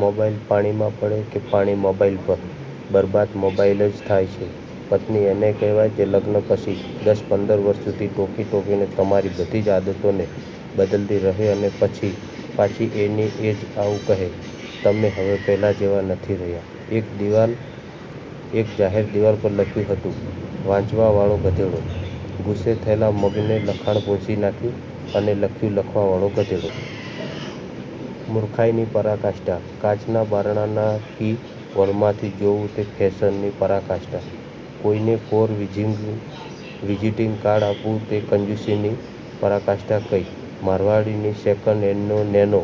Mobile પાણી માં પડે કે પાણી મોબાઈલ, પર બરબાદ મોબાઈલ જ થાય છે. પત્ની એને કહેવાય જે લગ્ન પછી દસ-પંદર વર્ષ સુધી ટોકી ટોકીને તમારી બધી જ આદતોને બદલતી રહે અને પછી પાછી એની એ જ આવું કહે: 'તમે હવે પહેલા જેવા નથી રહ્યા' એક દીવાલ જાહેર દીવાલ પર લખ્યું હતું: વાંચવાવાળો ગધેડો, ગુસ્સે થયેલા મગને લખાણ ભૂંસી નાખ્યું અને લખ્યું 'લખવાવાળો ગધેડો. મુર્ખાઈની પરાકાષ્ઠા: કાચના બારણાના કી-હોલમાંથી જોવું તે ફેશનની પરાકાષ્ઠા: કોઈને કોર વિઝિનનું વિઝીટીંગ કાર્ડ આપવું તે, કંજુસીની પરાકાષ્ઠા કઈ? મારવાડીને સેકન્ડ હેન્ડને નેનો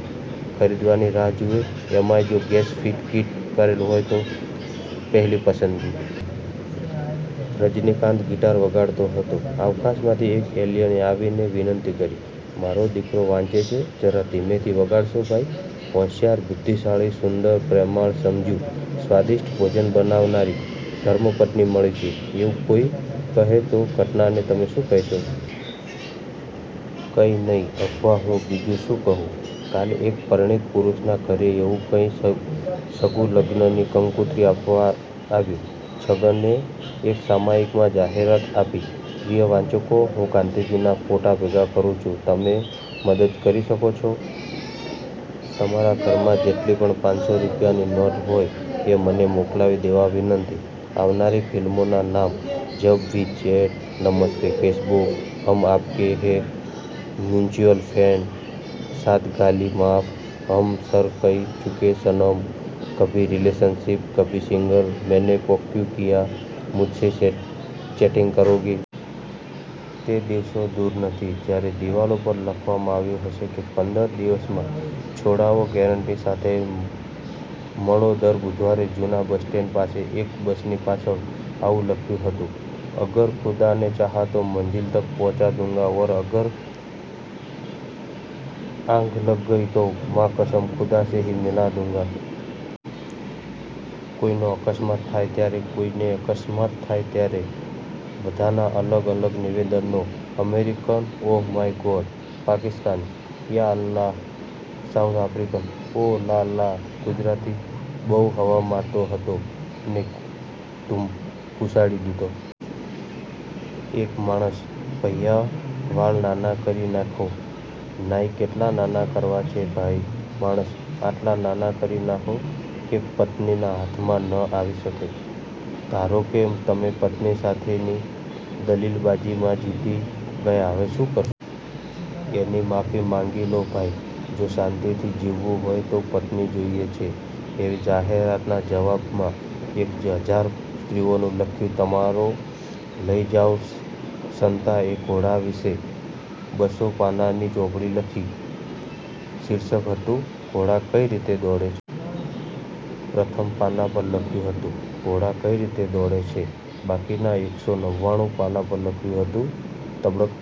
ખરીદવાની રાહ જુવે. એમાંય જો ગેસ કીટ ફીટ કરેલ હોય તો પેહલી પસંદગી. રજનીકાંત ગિટાર વગાડતો હતો. અવકાશમાંથી એક એલિયને આવીને વિનંતી કરી: મારો દીકરો વાંચે છે, જરા ધીમેથી વગાડશો ભાઈ! હોશિયાર, બુધ્ધિશાળી, સુંદર, પ્રેમાળ, સમજુ, સ્વાદિષ્ટ ભોજન બનાવનારી ધર્મપત્ની મળી છે એવું કોઈ કહે તો ઘટનાને તમે શું કહેશો? કંઈ નહીં, અફવા હું, બીજું શું કહું? કાલે એક પરિણીત પુરુષના ઘરે એવું કોઈ સગ સગું લગ્નની કંકોત્રી આપવા આવ્યું. છગને એક સામાયિકમાં જાહેરાત આપી: 'પ્રિય વાચકો, હું ગાંધીજીના ફોટા ભેગા કરું છું. તમે મદદ કરી શકો છો. તમારા ઘરમાં જેટલી પણ પાન્સો રૂપિયાની નોટ હોય એ મને મોકલાઈ દેવા વિનંતી. આવનારી ફિલ્મોના નામ:- જબ વી ચેટ, નમસ્તે ફેસબુક, હમ આપકે હે મ્યુચ્યુઅલ ફ્રેન્ડ, સાત ગાલી માફ, હમ કર કઈ ચુકે સનમ, કભી રિલેશનશિપ કભી સિંગલ, મેને પોક ક્યું કિયા, મુજસે ચેટ ચેટિંગ કરોગે. તે દિવસો દુર નથી જયારે દીવાલો ઉપર લખવામાં આવ્યું હશે કે પંદર દિવસમાં, છોડાવો ગેરંટી સાથે. મળો દર બુધવારે જુના બસ સ્ટેન્ડ પાસે એક બસની પાછળ આવું લખ્યું હતું: અગર ખુદાને ચાહા તો મંઝિલ તક પહૂંચા દુંગા ઔર અગર આંખ લગ ગઈ તો મા કસમ, ખુદા સે હી મિલા દુંગા. કોઈ નો અકસ્માત થાય ત્યારે, કોઈ ને અકસ્માત થાય ત્યારે બધા ના અલગ અલગ નિવેદનો, American: oh my God! Pakistan: યા અલ્લાહ! સાઉથ આફ્રીકન: ઓ, લા લા! ગુજરાતી: બઉં હવા મારતો હતો ને, તઇ ઘુસાડી દીધો. એક માણસ- ભૈયા વાળ નાના કરી નાખો. નાઈ- કેટલા નાના કરવા છે ભાઈ!! માણસ- આટલા નાના કરી નાખો કે પત્નીના હાથમાં ન આવી શકે!! ધારો કે તમે પત્ની સાથેની દલીલબાજીમાં જીતી ગયા. હવે શું કર એની માફી માગી લો ભાઈ, જો શાંતિથી જીવવું હોય તો. પત્ની જોઈએ છે' એવી જાહેરાતના જવાબમાં એક જે હજાર સ્ત્રીઓને લખ્યું: તમારો લઈ જાઓ. સંતા એ ઘોડા વિશે બસો પાનાની ચોપડી લખી. શીર્ષક હતું: ઘોડા કઈ રીતે દોડે છે? પ્રથમ પાના પર લખ્યું હતું: ઘોડા કઈ રીતે દોડે છે? બાકીના એકસો નવ્વાણું પાના પર લખ્યું હતું: તબડક